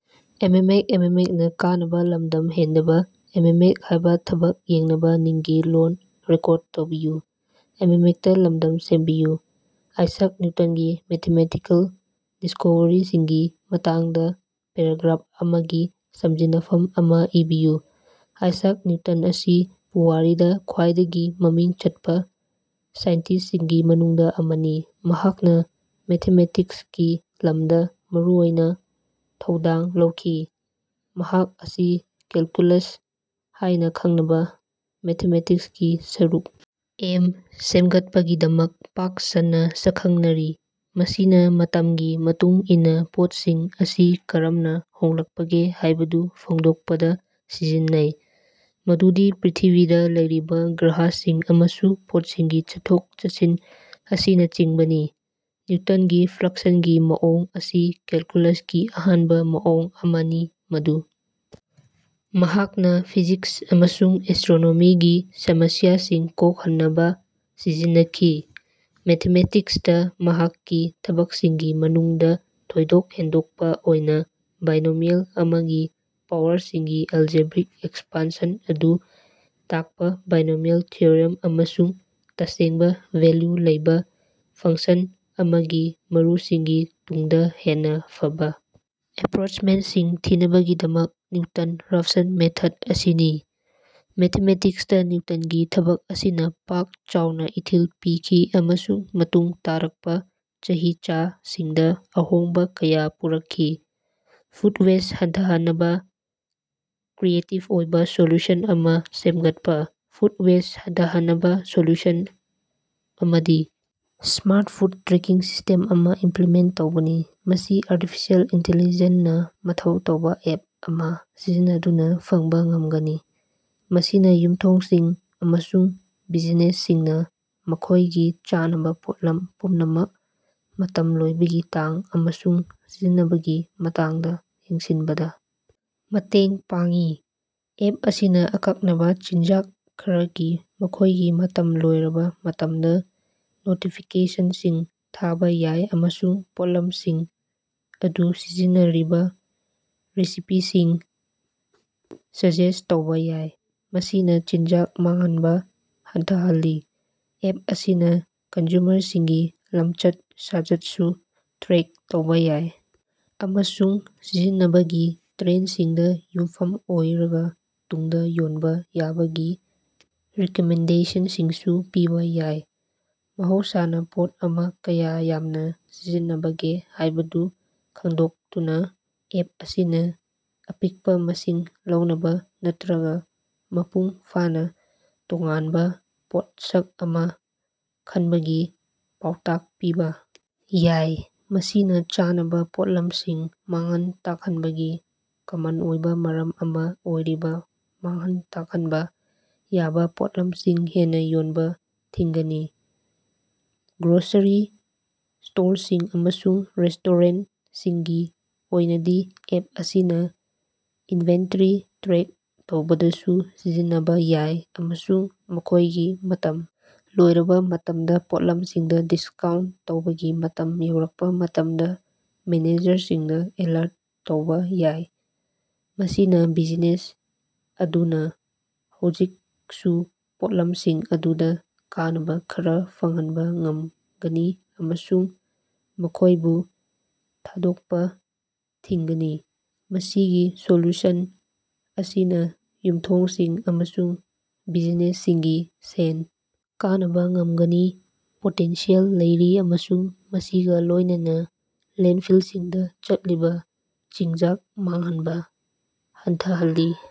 Isaac ꯅꯤꯎꯇꯟꯒꯤ mathematical ꯗꯤꯁꯀꯣꯚꯔꯤꯁꯤꯡꯒꯤ ꯃꯇꯥꯡꯗ paragraph ꯑꯃꯒꯤ ꯁꯝꯖꯤꯟꯅꯐꯝ ꯑꯃ ꯏꯕꯤꯌꯨ꯫ ꯏꯁꯥꯛ ꯅꯤꯎꯇꯟ ꯑꯁꯤ ꯄꯨꯋꯥꯔꯤꯗ ꯈ꯭ꯋꯥꯏꯗꯒꯤ ꯃꯃꯤꯡ ꯆꯠꯄ ꯁꯥꯏꯟꯇꯤꯁꯁꯤꯡꯒꯤ ꯃꯅꯨꯡꯗ ꯑꯃꯅꯤ, ꯃꯍꯥꯛꯅ ꯃꯦꯊꯃꯦꯇꯤꯛꯁꯀꯤ ꯂꯝꯗ ꯃꯔꯨꯑꯣꯏꯕ ꯊꯧꯗꯥꯡ ꯂꯧꯈꯤ꯫ ꯃꯍꯥꯛ ꯑꯁꯤ ꯀꯦꯜꯀꯨꯂꯁ ꯍꯥꯏꯅ ꯈꯪꯅꯕ ꯃꯦꯊꯃꯦꯇꯤꯛꯁꯀꯤ ꯁꯔꯨꯛ ꯑꯦꯝ ꯁꯦꯝꯒꯠꯄꯒꯤꯗꯃꯛ ꯄꯥꯛ ꯁꯟꯅ ꯁꯛꯈꯪꯅꯔꯤ, ꯃꯁꯤꯅ ꯃꯇꯝꯒꯤ ꯃꯇꯨꯡ ꯏꯟꯅ ꯄꯣꯠꯁꯤꯡ ꯑꯁꯤ ꯀꯔꯝꯅ ꯍꯣꯡꯂꯛꯄꯒꯦ ꯍꯥꯏꯕꯗꯨ ꯐꯣꯡꯗꯣꯛꯄꯗ ꯁꯤꯖꯤꯟꯅꯩ, ꯃꯗꯨꯗꯤ ꯄ꯭ꯔꯤꯊꯤꯕꯤꯗ ꯂꯩꯔꯤꯕ ꯒ꯭ꯔꯍꯁꯤꯡ ꯑꯃꯁꯨꯡ ꯄꯣꯠꯁꯤꯡꯒꯤ ꯆꯠꯊꯣꯛ-ꯆꯠꯁꯤꯟ ꯑꯁꯤꯅꯆꯤꯡꯕꯅꯤ꯫ ꯅꯤꯎꯇꯟꯒꯤ ꯐ꯭ꯂꯛꯁꯟꯒꯤ ꯃꯑꯣꯡ ꯑꯁꯤ ꯀꯦꯜꯀꯨꯂꯁꯀꯤ ꯑꯍꯥꯟꯕ ꯃꯑꯣꯡ ꯑꯃꯅꯤ ꯃꯗꯨ ꯃꯍꯥꯛꯅ ꯐꯤꯖꯤꯛꯁ ꯑꯃꯁꯨꯡ ꯑꯦꯁꯇ꯭ꯔꯣꯅꯣꯃꯤꯒꯤ ꯁꯃꯁ꯭ꯌꯥꯁꯤꯡ ꯀꯣꯛꯍꯟꯅꯕ ꯁꯤꯖꯤꯟꯅꯈꯤ꯫ ꯃꯦꯊꯃꯦꯇꯤꯛꯁꯇ ꯃꯍꯥꯛꯀꯤ ꯊꯕꯛꯁꯤꯡꯒꯤ ꯃꯅꯨꯡꯗ ꯊꯣꯏꯗꯣꯛ ꯍꯦꯟꯗꯣꯛꯄ ꯑꯣꯏꯅ ꯕꯥꯏꯅꯣꯃꯤꯑꯦꯜ ꯑꯃꯒꯤ ꯄꯥꯋꯔꯁꯤꯡꯒꯤ ꯑꯦꯜꯖꯦꯕ꯭ꯔꯤꯛ ꯑꯦꯛꯁꯄꯥꯟꯁꯟ ꯑꯗꯨ ꯇꯥꯛꯄ ꯕꯥꯏꯅꯣꯃꯤꯑꯦꯜ ꯊꯤꯑꯣꯔꯤꯝ ꯑꯃꯁꯨꯡ ꯇꯁꯦꯡꯕ ꯚꯦꯜꯌꯨ ꯂꯩꯕ ꯐꯪꯁꯟ ꯑꯃꯒꯤ ꯃꯔꯨꯁꯤꯡꯒꯤ ꯇꯨꯡꯗ ꯍꯦꯟꯅ ꯐꯕ ꯑꯦꯄ꯭ꯔꯣꯆꯃꯦꯟꯠꯁꯤꯡ ꯊꯤꯅꯕꯒꯤꯗꯃꯛ "ꯅꯤꯎꯇꯟ-ꯔꯥꯐꯁꯟ ꯃꯦꯊꯗ" ꯑꯁꯤꯅꯤ꯫ ꯃꯦꯊꯃꯦꯇꯤꯛꯁꯇ ꯅꯤꯎꯇꯟꯒꯤ ꯊꯕꯛ ꯑꯁꯤꯅ ꯄꯥꯛ ꯆꯥꯎꯅ ꯏꯊꯤꯜ ꯄꯤꯈꯤ ꯑꯃꯁꯨꯡ ꯃꯇꯨꯡ ꯇꯥꯔꯛꯄ ꯆꯍꯤꯆꯥꯁꯤꯡꯗ ꯑꯍꯣꯡꯕ ꯀꯌ ꯄꯨꯔꯛꯈꯤ꯫ ꯐꯨꯗ ꯋꯦꯁꯠ ꯍꯟꯊꯍꯟꯅꯕ ꯀ꯭ꯔꯤꯌꯦꯇꯤꯕ ꯑꯣꯏꯕ ꯁꯣꯂꯨꯁꯟ ꯑꯃ ꯁꯦꯝꯒꯠꯄ꯫ ꯐꯨꯗ ꯋꯦꯁꯠ ꯍꯟꯊꯍꯟꯅꯕ ꯁꯣꯂꯨꯁꯟ ꯑꯃꯗꯤ ꯁ꯭ꯃꯥꯔꯠ ꯐꯨꯗ ꯇ꯭ꯔꯦꯀꯤꯡ ꯁꯤꯁ꯭ꯇꯦꯝ ꯑꯃ ꯏꯝꯄ꯭ꯂꯤꯃꯦꯟꯠ ꯇꯧꯕꯅꯤ꯫ ꯃꯁꯤ ꯑꯥꯔꯇꯤꯐꯤꯁꯦꯜ ꯏꯟꯇꯤꯂꯤꯖꯦꯟꯠ ꯅ ꯃꯊꯧ ꯇꯧꯕ ꯑꯦꯞ ꯑꯃ ꯁꯤꯖꯤꯟꯅꯗꯨꯅ ꯐꯪꯕ ꯉꯝꯒꯅꯤ, ꯃꯁꯤꯅ ꯌꯨꯝꯊꯣꯡꯁꯤꯡ ꯑꯃꯁꯨꯡ ꯕꯤꯖꯤꯅꯦꯁꯁꯤꯡꯅ ꯃꯈꯣꯏꯒꯤ ꯆꯥꯅꯕ ꯄꯣꯠꯂꯝ ꯄꯨꯝꯅꯃꯛ, ꯃꯇꯝ ꯂꯣꯏꯕꯒꯤ ꯇꯥꯡ, ꯑꯃꯁꯨꯡ ꯁꯤꯖꯤꯟꯅꯕꯒꯤ ꯃꯇꯥꯡꯗ ꯌꯦꯡꯁꯤꯟꯕꯗ ꯃꯇꯦꯡ ꯄꯥꯡꯏ꯫ ꯑꯦꯞ ꯑꯁꯤꯅ ꯑꯀꯛꯅꯕ ꯆꯤꯟꯖꯥꯛ ꯈꯔꯗꯤ ꯃꯈꯣꯏꯒꯤ ꯃꯇꯝ ꯂꯣꯏꯔꯕ ꯃꯇꯝꯗ ꯅꯣꯇꯤꯐꯤꯀꯦꯁꯟꯁꯤꯡ ꯊꯥꯕ ꯌꯥꯏ ꯑꯃꯁꯨꯡ ꯄꯣꯠꯂꯝꯁꯤꯡ ꯑꯗꯨ ꯁꯤꯖꯤꯟꯅꯔꯤꯕ ꯔꯦꯁꯤꯄꯤꯁꯤꯡ ꯁꯖꯦꯁꯠ ꯇꯧꯕ ꯌꯥꯏ, ꯃꯁꯤꯅ ꯆꯤꯟꯖꯥꯛ ꯃꯥꯡꯍꯟꯕ ꯍꯟꯊꯍꯜꯂꯤ꯫ ꯑꯦꯞ ꯑꯁꯤꯅ ꯀꯟꯖꯨꯃꯔꯁꯤꯡꯒꯤ ꯂꯝꯆꯠ-ꯁꯥꯖꯠꯁꯨ ꯇ꯭ꯔꯦꯛ ꯇꯧꯕ ꯌꯥꯏ ꯑꯃꯁꯨꯡ ꯁꯤꯖꯤꯟꯅꯕꯒꯤ ꯇ꯭ꯔꯦꯟꯗꯁꯤꯡꯗ ꯌꯨꯝꯐꯝ ꯑꯣꯏꯔꯒ ꯇꯨꯡꯗ ꯌꯣꯟꯕ ꯌꯥꯕꯒꯤ ꯔꯤꯀꯃꯦꯟꯗꯦꯁꯟꯁꯤꯡꯁꯨ ꯄꯤꯕ ꯌꯥꯏ꯫ ꯃꯍꯧꯁꯥꯅ ꯄꯣꯠ ꯑꯃ ꯀꯌꯥ ꯌꯥꯝꯅ ꯁꯤꯖꯤꯟꯅꯕꯒꯦ ꯍꯥꯏꯕꯗꯨ ꯈꯪꯗꯣꯛꯇꯨꯅ ꯑꯦꯞ ꯑꯁꯤꯅ ꯑꯄꯤꯛꯄ ꯃꯁꯤꯡ ꯂꯧꯅꯕ ꯅꯠꯇ꯭ꯔꯒ ꯃꯄꯨꯡ ꯐꯥꯅ ꯇꯣꯉꯥꯟꯕ ꯄꯣꯠꯁꯛ ꯑꯃ ꯈꯟꯕꯒꯤ ꯄꯥꯎꯇꯥꯛ ꯄꯤꯕ ꯌꯥꯏ꯫ ꯃꯁꯤꯅ ꯆꯥꯅꯕ ꯄꯣꯠꯂꯝꯁꯤꯡ ꯃꯥꯡꯍꯟ ꯇꯥꯛꯍꯟꯕꯒꯤ ꯀꯃꯟ ꯑꯣꯏꯕ ꯃꯔꯝ ꯑꯃ ꯑꯣꯏꯔꯤꯕ ꯃꯥꯡꯍꯟ ꯇꯥꯛꯍꯟꯕ ꯌꯥꯕ ꯄꯣꯠꯂꯝꯁꯤꯡ ꯍꯦꯟꯅ ꯌꯣꯟꯕ ꯊꯤꯡꯒꯅꯤ꯫ ꯒ꯭ꯔꯣꯁꯔꯤ ꯁ꯭ꯇꯣꯔꯁꯤꯡ ꯑꯃꯁꯨꯡ ꯔꯦꯁꯇꯣꯔꯦꯟꯠꯁꯤꯡꯒꯤ ꯑꯣꯏꯅꯗꯤ, ꯑꯦꯞ ꯑꯁꯤꯅ ꯏꯟꯚꯦꯟꯇꯔꯤ ꯇ꯭ꯔꯦꯛ ꯇꯧꯕꯗꯁꯨ ꯁꯤꯖꯤꯟꯅꯕ ꯌꯥꯏ ꯑꯃꯁꯨꯡ ꯃꯈꯣꯏꯒꯤ ꯃꯇꯝ ꯂꯣꯏꯔꯕ ꯃꯇꯝꯗ ꯄꯣꯠꯂꯝꯁꯤꯡꯗ ꯗꯤꯁꯀꯥꯎꯟꯠ ꯇꯧꯕꯒꯤ ꯃꯇꯝ ꯌꯧꯔꯛꯄ ꯃꯇꯝꯗ ꯃꯦꯅꯦꯖꯔꯁꯤꯡꯗ ꯑꯦꯂꯔꯠ ꯇꯧꯕ ꯌꯥꯏ꯫ ꯃꯁꯤꯅ ꯕꯤꯖꯤꯅꯦꯁ ꯑꯗꯨꯅ ꯍꯧꯖꯤꯀꯛꯁꯨ ꯄꯣꯠꯂꯝꯁꯤꯡ ꯑꯗꯨꯗ ꯀꯥꯟꯅꯕ ꯈꯔ ꯐꯪꯍꯟꯕ ꯉꯝꯒꯅꯤ ꯑꯃꯁꯨꯡ ꯃꯈꯣꯏꯕꯨ ꯊꯥꯗꯣꯛꯄ ꯊꯤꯡꯒꯅꯤ꯫ ꯃꯁꯤꯒꯤ ꯁꯣꯂꯨꯁꯟ ꯑꯁꯤꯅ ꯌꯨꯝꯊꯣꯡꯁꯤꯡ ꯑꯃꯁꯨꯡ ꯕꯤꯖꯤꯅꯦꯁꯁꯤꯡꯒꯤ ꯁꯦꯟ ꯀꯅꯕ ꯉꯝꯕꯒꯤ ꯄꯣꯇꯦꯟꯁꯤꯌꯦꯜ ꯂꯩꯔꯤ ꯑꯃꯁꯨꯡ ꯃꯁꯤꯒ ꯂꯣꯏꯅꯅ ꯂꯦꯟꯐꯤꯜꯁꯤꯡꯗ ꯆꯠꯂꯤꯕ ꯆꯤꯟꯖꯥꯛ ꯃꯥꯡꯍꯟꯕ ꯍꯟꯊꯍꯜꯂꯤ꯫